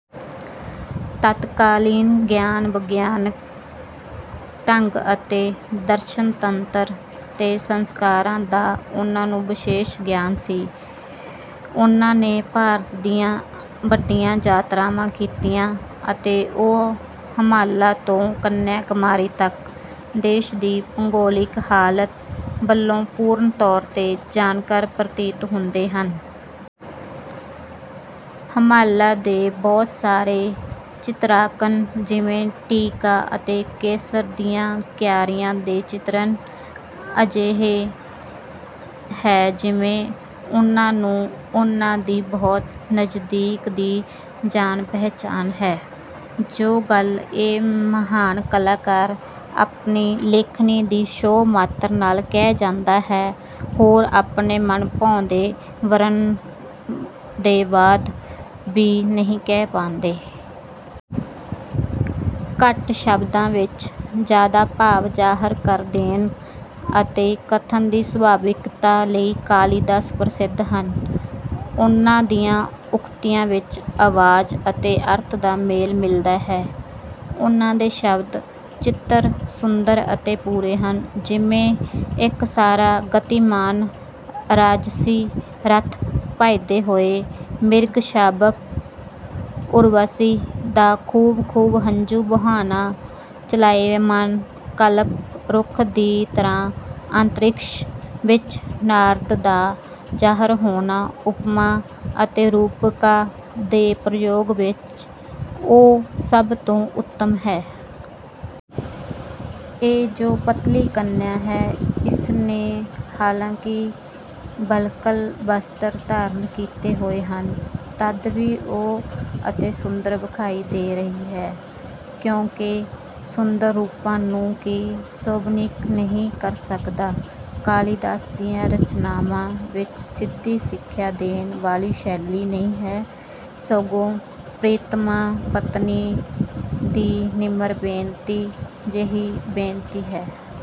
ਤਤਕਾਲੀਨ ਗਿਆਨ ਵਿਗਿਆਨ ਢੰਗ ਅਤੇ ਦਰਸ਼ਨ ਤੰਤਰ ਅਤੇ ਸੰਸਕਾਰਾਂ ਦਾ ਉਨ੍ਹਾਂ ਨੂੰ ਵਿਸ਼ੇਸ਼ ਗਿਆਨ ਸੀ। ਉਨ੍ਹਾਂ ਨੇ ਭਾਰਤ ਦੀ ਵੱਡੀਆਂ ਯਾਤਰਾਵਾਂ ਕੀਤੀਆਂ ਅਤੇ ਉਹ ਹਿਮਾਲਾ ਤੋਂ ਕੰਨਿਆਕੁਮਾਰੀ ਤੱਕ ਦੇਸ਼ ਦੀ ਭੂਗੋਲਿਕ ਹਾਲਤ ਵਲੋਂ ਪੂਰਨ ਤੌਰ ਤੇ ਜਾਣਕਾਰ ਪ੍ਰਤੀਤ ਹੁੰਦੇ ਹਨ। ਹਿਮਾਲਾ ਦੇ ਬਹੁਤ ਸਾਰੇ ਚਿਤਰਾਂਕਨ ਜਿਵੇਂ ਟੀਕਾ ਅਤੇ ਕੇਸਰ ਦੀਆਂ ਕਿਆਰੀਆਂ ਦੇ ਚਿਤਰਣ ਅਜਿਹੇ ਹੈ ਜਿਵੇਂ ਉਨ੍ਹਾਂ ਨੂੰ ਉਨ੍ਹਾਂ ਦੀ ਬਹੁਤ ਨਜ਼ਦੀਕ ਦੀ ਜਾਣ ਪਹਿਚਾਣ ਹੈ। ਜੋ ਗੱਲ ਇਹ ਮਹਾਨ ਕਲਾਕਾਰ ਆਪਣੀ ਲੇਖਣੀ ਦੀ ਛੋਹ ਮਾਤਰ ਨਾਲ ਕਹਿ ਜਾਂਦਾ ਹੈ ਹੋਰ ਆਪਣੇ ਮਨਭਾਉਂਦੇ ਵਰਣਨ ਦੇ ਬਾਅਦ ਵੀ ਨਹੀਂ ਕਹਿ ਪਾਂਦੇ। ਘੱਟ ਸ਼ਬਦਾਂ ਵਿੱਚ ਜਿਆਦਾ ਭਾਵ ਜ਼ਾਹਰ ਕਰ ਦੇਣ ਅਤੇ ਕਥਨ ਦੀ ਸੁਭਾਵਿਕਤਾ ਲਈ ਕਾਲੀਦਾਸ ਪ੍ਰਸਿੱਧ ਹਨ। ਉਨ੍ਹਾਂ ਦੀਆਂ ਉਕਤੀਆਂ ਵਿੱਚ ਆਵਾਜ ਅਤੇ ਅਰਥ ਦਾ ਮੇਲ ਮਿਲਦਾ ਹੈ। ਉਨ੍ਹਾਂ ਦੇ ਸ਼ਬਦ ਚਿੱਤਰ ਸੁੰਦਰ ਅਤੇ ਪੂਰੇ ਹਨ ਜਿਵੇਂ ਇੱਕ ਸਾਰਾ ਗਤੀਮਾਨ ਰਾਜਸੀ ਰੱਥ ਭੱਜਦੇ ਹੋਏ ਮਿਰਗ ਸ਼ਾਵਕ ਉਰਵਸ਼ੀ ਦਾ ਖੂਬ ਖੂਬ ਹੰਝੂ ਬਹਾਉਣਾ ਚਲਾਇਮਾਨ ਕਲਪ ਰੁੱਖ ਦੀ ਤਰ੍ਹਾਂ ਅੰਤਰਿਕਸ਼ ਵਿੱਚ ਨਾਰਦ ਦਾ ਜ਼ਾਹਰ ਹੋਣਾ ਉਪਮਾ ਅਤੇ ਰੂਪਕਾਂ ਦੇ ਪ੍ਰਯੋਗ ਵਿੱਚ ਉਹ ਸਭ ਤੋਂ ਉੱਤਮ ਹੈ। ਇਹ ਜੋ ਪਤਲੀ ਕੰਨਿਆ ਹੈ ਇਸਨੇ ਹਾਲਾਂਕਿ ਵਲਕਲ ਬਸਤਰ ਧਾਰਨ ਕੀਤੇ ਹੋਏ ਹਨ ਤਦ ਵੀ ਉਹ ਅਤੇ ਸੁੰਦਰ ਵਿਖਾਈ ਦੇ ਰਹੀ ਹੈ। ਕਿਉਂਕਿ ਸੁੰਦਰ ਰੂਪਾਂ ਨੂੰ ਕੀ ਸੋਭਨੀਕ ਨਹੀਂ ਕਰ ਸਕਦਾ। ਕਾਲੀਦਾਸ ਦੀਆਂ ਰਚਨਾਵਾਂ ਵਿੱਚ ਸਿੱਧੀ ਸਿੱਖਿਆ ਦੇਣ ਵਾਲੀ ਸ਼ੈਲੀ ਨਹੀਂ ਹੈ ਸਗੋਂ ਪ੍ਰੀਤਮਾ ਪਤਨੀ ਦੀ ਨਿਮਰ ਬੇਨਤੀ ਜਿਹੀ ਬੇਨਤੀ ਹੈ।